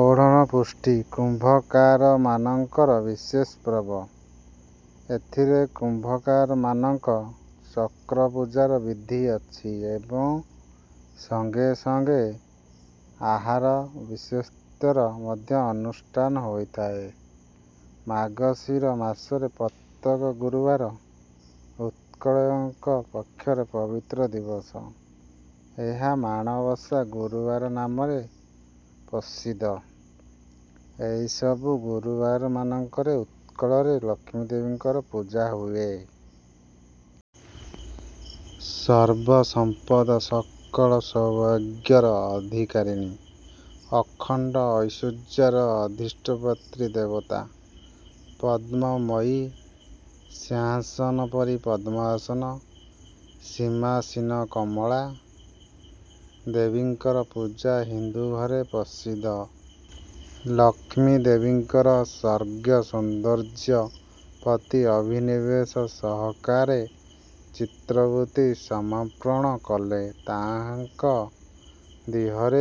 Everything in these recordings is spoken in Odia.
ଓଢ଼ଣ ଷଷ୍ଠୀ କୁମ୍ଭକାରକମାନଙ୍କର ବିଶେଷ ପର୍ବ। ଏଥିରେ କୁମ୍ଭକାରମାନଙ୍କ ଚକ୍ରପୂଜାର ବିଧି ଅଛି ଏବଂ ସଙ୍ଗେ ସଙ୍ଗେ ଆହାର ବିଶେଷତ୍ୱର ମଧ୍ୟ ଅନୁଷ୍ଠାନ ହୋଇଥାଏ। ମାର୍ଗଶିର ମାସର ପ୍ରତ୍ୟେକ ଗୁରୁବାର ଉତ୍କଳୀୟଙ୍କ ପକ୍ଷରେ ପବିତ୍ର ଦିବସ। ଏହା ମାଣ ବସ ଗୁରୁବାର ନାମରେ ପ୍ରସିଦ୍ଧ। ଏହି ସବୁ ଗୁରୁବାରମାନଙ୍କରେ ଉତ୍କଳରେ ଲକ୍ଷ୍ମୀଦେବୀଙ୍କର ପୂଜା ହୁଏ। ସର୍ବ ସମ୍ପଦ ସକଳ ସୌଭାଗ୍ୟର ଅଧିକାରିଣୀ, ଅଖଣ୍ଡ ଐଶ୍ୱର୍ଯ୍ୟର ଅଧିଷ୍ଠାତ୍ରୀ ଦେବତା, ପଦ୍ମମୟ ସିଂହାସନୋପରି ପଦ୍ମାସନ ସମାସୀନ କମଳା ଦେବୀଙ୍କର ପୂଜା ହିନ୍ଦୁ ଘରେ ପ୍ରସିଦ୍ଧ। ଲକ୍ଷ୍ମୀଦେବୀଙ୍କର ସ୍ୱର୍ଗୀୟ ସୌନ୍ଦର୍ଯ୍ୟ ପ୍ରତି ଅଭିନିବେଶ ସହକାରେ ଚିତ୍ତବୃତ୍ତି ସମର୍ପଣ କଲେ ତାହାଙ୍କ ଦେହର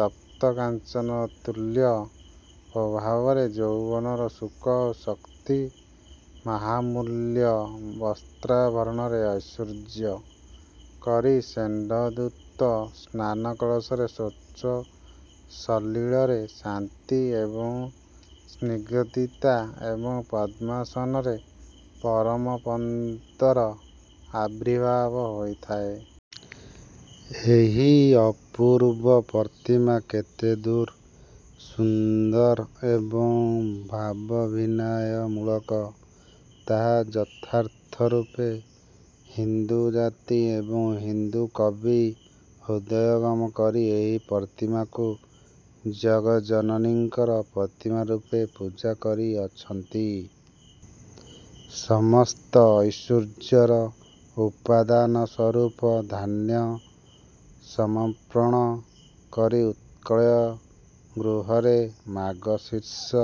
ତପ୍ତକାଞ୍ଚନତୁଲ୍ୟ ପ୍ରଭାରେ ଯୌବନର ସୁଖ ଓ ଶକ୍ତି ମହାମୂଲ୍ୟ ବସ୍ତ୍ରା ଭରଣରେ ଐଶ୍ୱର୍ଯ୍ୟ, କରି ଶୁଣ୍ଢ ଧୃତ ସ୍ନାନ କଳସର ସ୍ୱଚ୍ଛ ସଲିଳରେ ଶାନ୍ତି ଏବଂ ସ୍ନିଗ୍ଧତା ଏବଂ ପଦ୍ମାସନରେ ପରମପଦର ଆବିର୍ଭାବ ହୋଇଥାଏ। ଏହି ଅପୂର୍ବ ପ୍ରତିମା କେତେଦୂର ସୁନ୍ଦର ଏବଂ ଭାବାଭିନୟମୂଳକ, ତାହା ଯଥାର୍ଥରୂପେ ହିନ୍ଦୁ ଜାତି ଏବଂ ହିନ୍ଦୁ କବି ହୃଦୟଙ୍ଗମ କରି ଏହି ପ୍ରତିମାକୁ ଜଗଜ୍ଜନନୀଙ୍କର ପ୍ରତିମାରୂପେ ପୂଜା କରିଅଛନ୍ତି। ସମସ୍ତ ଐଶ୍ୱର୍ଯ୍ୟର ଉପାଦାନସ୍ୱରୂପ ଧାନ୍ୟ ସମର୍ପଣ କରି ଉତ୍କଳୀୟ ଗୃହରେ ମାର୍ଗଶୀର୍ଷ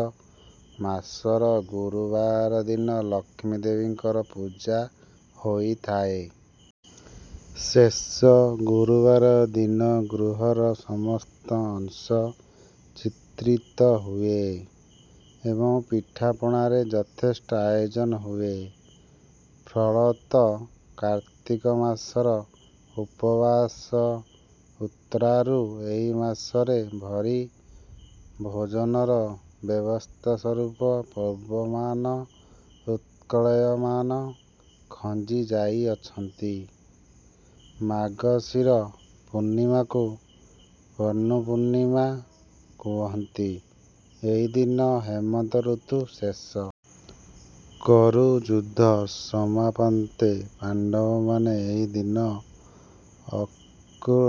ମାସର ଗୁରୁବାର ଦିନ ଲକ୍ଷ୍ମୀଦେବୀଙ୍କର ପୂଜା ହୋଇଥାଏ। ଶେଷ ଗୁରୁବାର ଦିନ ଗୃହର ସମସ୍ତ ଅଂଶ ଚିତ୍ରିତ ହୁଏ ଏବଂ ପିଠାପଣାର ଯଥେଷ୍ଟ ଆୟୋଜନ ହୁଏ। ଫଳତଃ କାର୍ତ୍ତିକ ମାସର ଉପବାସ ଉତ୍ତାରୁ ଏହି ମାସରେ ଭୂରି ଭୋଜନର ବ୍ୟବସ୍ଥାରୂପ ପର୍ବମାନ ଉତ୍କଳୀୟମାନେ ଖଞ୍ଜି ଯାଇଅଛନ୍ତି। ମାର୍ଗଶିର ପୂର୍ଣ୍ଣିମାକୁ ପଣ୍ତୁ ପୂର୍ଣ୍ଣିମା କହନ୍ତି। ଏହି ଦିନ ହେମନ୍ତ ଋତୁର ଶେଷ। କୁରୁଯୁଦ୍ଧ ସମାପନାନ୍ତେ ପାଣ୍ତବମାନେ ଏହି ଦିନ ଅକୂଳ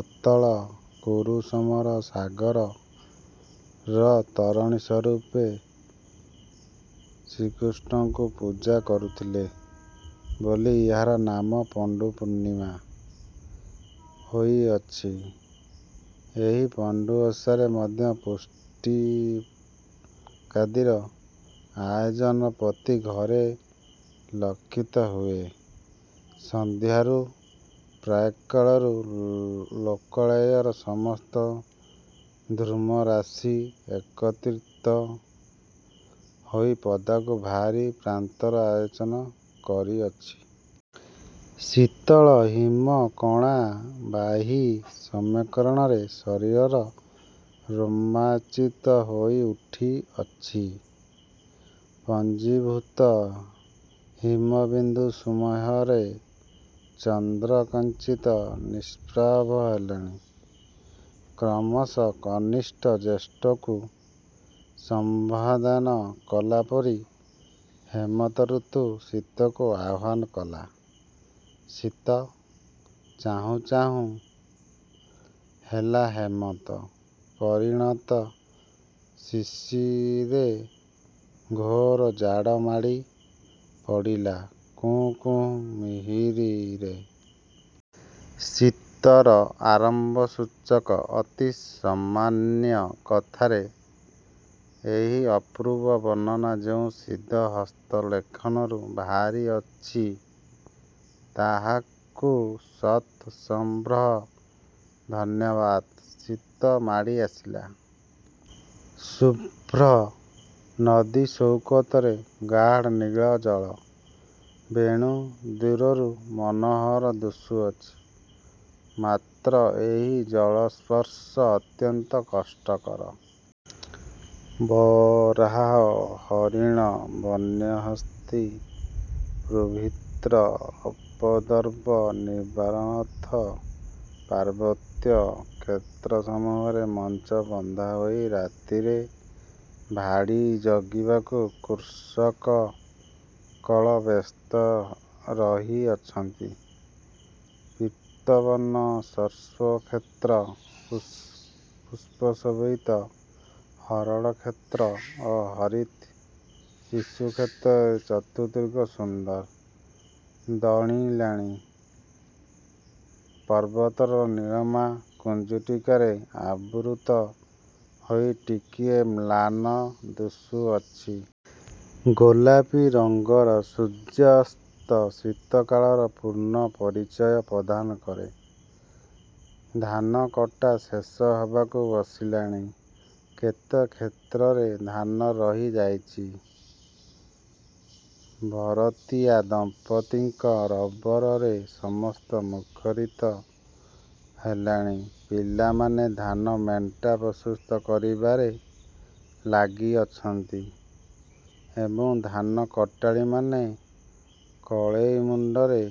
ଅତଳ କୁରୁସମରସାଗର''ର ତରଣୀସ୍ୱରୂପ ଶ୍ରୀକୃଷ୍ଣଙ୍କୁ ପୂଜା କରିଥିଲେ ବୋଲି ଏହାର ନାମ ପଣ୍ତୁ ପୂର୍ଣ୍ଣିମା ହୋଇଅଛି। ଏହି ପଣ୍ତୁ ଓଷାରେ ମଧ୍ୟ ପିଷ୍ଟକାଦିର ଆୟୋଜନ ପ୍ରତି ଘରେ ଲକ୍ଷିତ ହୁଏ। ସନ୍ଧ୍ୟାରୁ ପ୍ରାକ୍କାଳରୁ ଲୋକାଳୟର ସମସ୍ତ ଧୂମରାଶି ଏକତ୍ରିତ ହୋଇ ପଦାକୁ ବାହାରି ପ୍ରାନ୍ତର ଆଚ୍ଛନ୍ନ କରୁଅଛି। ଶୀତଳ ହିମ କଣା ବାହୀ ସମୀରଣରେ ଶରୀର ରୋମାଞ୍ଚିତ ହୋଇ ଉଠୁଅଛି। ପୁଞ୍ଜୀଭୁତ ହିମବିନ୍ଦୁସମୂହରେ ଚନ୍ଦ୍ର କିଞ୍ଚିତ୍ ନିଷ୍ପ୍ରଭ ହେଲେଣି। କ୍ରିମଶଃ କନିଷ୍ଠ ଜ୍ୟେଷ୍ଠକୁ ସମ୍ଭୋଧନ କଲା ପରି ହେମନ୍ତ ଋତୁ ଶୀତକୁ ଆହ୍ଵାନ କଲା। ଶୀତ। ଚାହୁଁ ଚାହୁଁ ହେଲା ହେମନ୍ତ ପରିଣତ ଶିଶିରେ ''ଘୋର ଜାଡ଼ ମାଡ଼ି ପଡ଼ିଲା କହୁଁ କହୁଁ ମହୀରେ। ଶୀତର ଆରମ୍ଭସୂଚକ ଅତି ସାମାନ୍ୟ କଥାରେ ଏହି ଅପୂର୍ବ ବର୍ଣ୍ଣନା ଯେଉଁ ସିଦ୍ଧ ହସ୍ତ ଲେଖନୀରୁ ବାହାରିଅଛି, ତାହାଙ୍କୁ ଶତ ସହମ୍ର ଧନ୍ୟବାଦ ଶୀତ ମାଡ଼ି ଆସିଲା। ଶୁଭ୍ର ନଦୀସୈକତରେ ଗାଢ଼ ନୀଳ ଜଳ ବେଣୀ ଦୂରରୁ ମନୋହର ଦିଶୁଅଛି, ମାତ୍ର ଏହି ଜଳସ୍ପର୍ଶ ଅତ୍ୟନ୍ତ କଷ୍ଟକର। ବରାହ, ହରିଣ, ବନ୍ୟହସ୍ତୀ ପ୍ରଭୃତିର ଉପଦ୍ରବ ନିବାରଣାର୍ଥ ପାର୍ବତୀୟ କ୍ଷେତ୍ରସମୂହରେ ମଞ୍ଚ ବନ୍ଧା ହୋଇ ରାତିରେ ''ଭାଡ଼ି ଜଗିବାକୁ'' କୃଷକକୁଳ ବ୍ୟସ୍ତ ରହିଅଛନ୍ତି। ପୀତବର୍ଣ୍ଣ ସର୍ଷପକ୍ଷେତ୍ର ପୁଷ୍ପଶୋଭିତ ହରଡ଼କ୍ଷେତ୍ର ଓ ହରିତ୍ ଇକ୍ଷୁକ୍ଷେତ୍ରରେ ଚତୁର୍ଦିଗ ସୁନ୍ଦର ଦିଣିଲାଣି। ପର୍ବତର ନୀଳିମା କୁଜ୍ଝଟିକାରେ ଆବୃତ ହୋଇ ଟିକିଏ ମ୍ଳାନ ଦିଶୁଅଛି! ଗୋଲାପୀ ରଙ୍ଗର ସୂର୍ଯ୍ୟାସ୍ତ ଶୀତ କାଳର ପୂର୍ଣ୍ଣ ପରିଚୟ ପ୍ରଦାନ କରେ। ଧାନ କଟା ଶେଷ ହେବାକୁ ବସିଲାଣି। କେତେ କ୍ଷେତ୍ରରେ ଧାନ ରହି ଯାଇଅଛି। ଭରତିଆ ଦମ୍ପତୀଙ୍କ ରବରେ ସମସ୍ତ ମୁଖରିତ ହେଲାଣି। ପିଲାମାନେ ଧାନ ମେଣ୍ଟା ପ୍ରସ୍ତୁତ କରିବାରେ ଲାଗିଅଛନ୍ତି ଏବଂ ଧାନକଟାଳିମାନେ କଳେଇ ମୁଣ୍ତରେ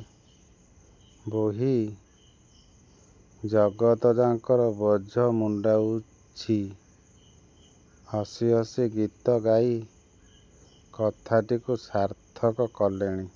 ବୋହି ''ଜଗତଯାକର ବୋଝ ମୁଣ୍ତାଇଛୁ ହସି ହସି ଗୀତ ଗାଇ'' କଥାଟିକୁ ସାର୍ଥକ କଲେଣି।